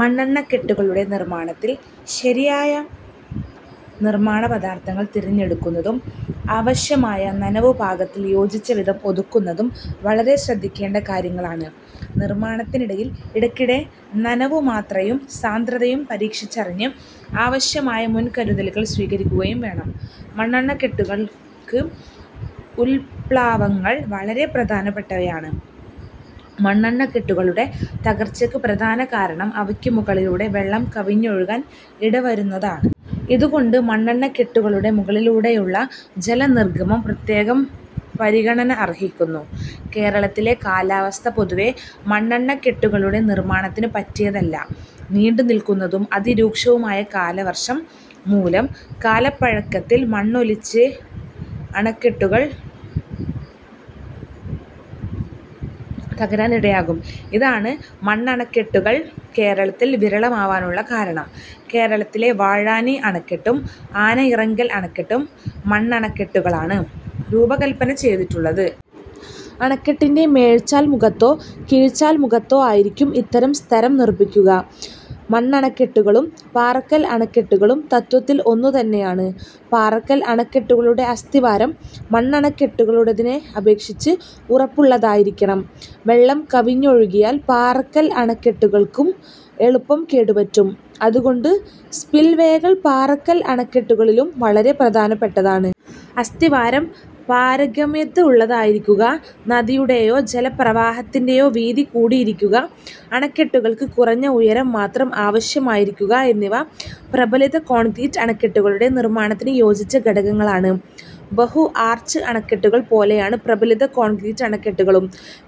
മണ്ണണക്കെട്ടുകളുടെ നിർമ്മാണത്തിൽ ശരിയായ നിർമ്മാണ പദാർഥങ്ങൾ തിരഞ്ഞെടുക്കുന്നതും ആവശ്യമായ 'നനവു പാക'ത്തിൽ യോജിച്ച വിധം ഒതുക്കുന്നതും വളരെ ശ്രദ്ധിക്കേണ്ട കാര്യങ്ങളാണ്. നിർമ്മാണത്തിനിടയിൽ ഇടയ്ക്കിടെ നനവു മാത്രയും സാന്ദ്രതയും പരീക്ഷിച്ചറിഞ്ഞ് ആവശ്യമായ മുൻകരുതലുകൾ സ്വീകരിക്കുകയും വേണം. മണ്ണണക്കെട്ടുകൾക്ക് ഉത്പ്ളാവങ്ങൾ വളരെ പ്രധാനപ്പെട്ടവയാണ്. മണ്ണണക്കെട്ടുകളുടെ തകർച്ചയ്ക്കുള്ള പ്രധാന കാരണം അവയ്ക്കു മുകളിലൂടെ വെള്ളം കവിഞ്ഞൊഴുകാൻ ഇടവരുന്നതാണ്. ഇതു കൊണ്ട് മണ്ണണക്കെട്ടുകളുടെ മുകളിലൂടെയുള്ള ജല നിർഗമം പ്രത്യേകം പരിഗണന അർഹിക്കുന്നു. കേരളത്തിലെ കാലാവസ്ഥ പൊതുവേ മണ്ണണക്കെട്ടുകളുടെ നിർമ്മാണത്തിന് പറ്റിയതല്ല. നീണ്ടു നില്ക്കുന്നതും അതിരൂക്ഷവുമായ കാലവർഷം മൂലം കാലപ്പഴക്കത്തിൽ മണ്ണൊലിച്ച് അണക്കെട്ടുകൾ തകരാൻ ഇടയാകും. ഇതാണ് മണ്ണണക്കെട്ടുകൾ കേരളത്തിൽ വിരളമാവാനുള്ള കാരണം. കേരളത്തിലെ 'വാഴാനി' അണക്കെട്ടും 'ആനയിറങ്കൽ' അണക്കെട്ടും മണ്ണണക്കെട്ടുകളായാണ് രൂപകല്പന ചെയ്തിട്ടുള്ളത്. അണക്കെട്ടിന്റെ മേൽചാൽ മുഖത്തോ കീഴ്ചാൽ മുഖത്തോ ആയിരിക്കും ഇത്തരം സ്തരം നിർമ്മിക്കുക. മണ്ണണക്കെട്ടുകളും പാറക്കൽ അണക്കെട്ടുകളും തത്ത്വത്തിൽ ഒന്നു തന്നെയാണ്. പാറക്കൽ അണക്കെട്ടുകളുടെ അസ്ഥിവാരം മണ്ണണക്കെട്ടുകളുടേതിനെ അപേക്ഷിച്ച് ഉറപ്പുള്ളതായിരിക്കണം. വെള്ളം കവിഞ്ഞൊഴുകിയാൽ പാറക്കൽ അണക്കെട്ടുകൾക്കും എളുപ്പം കേടു പറ്റും. അതുകൊണ്ടു സ്പിൽവേകൾ പാറക്കൽ അണക്കെട്ടുകളിലും വളരെ പ്രധാനപ്പെട്ടതാണ്. അസ്ഥിവാരം പാരഗമ്യത ഉള്ളതായിരിക്കുക, നദിയുടെയോ ജല പ്രവാഹത്തിന്റെയോ വീതി കൂടിയിരിക്കുക, അണക്കെട്ടുകൾക്ക് കുറഞ്ഞ ഉയരം മാത്രം ആവശ്യമായിരിക്കുക എന്നിവ പ്രബലിത കോൺക്രീറ്റ് അണക്കെട്ടുകളുടെ നിർമ്മാണത്തിന് യോജിച്ച ഘടകങ്ങളാണ്. ബഹു-ആർച്ച് അണക്കെട്ടുകൾ പോലെയാണ് പ്രബലിത കോൺക്രീറ്റ ണക്കെട്ടുകളും.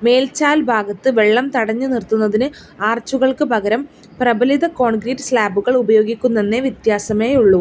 മേൽചാൽഭാഗത്ത് വെള്ളം തടഞ്ഞുനിർത്തുന്നതിന് ആർച്ചുകൾക്കുപകരം പ്രബലിത കോൺക്രീറ്റ് സ്ളാബുകൾ ഉപയോഗിക്കുന്നെന്ന വ്യത്യാസമേയുള്ളു.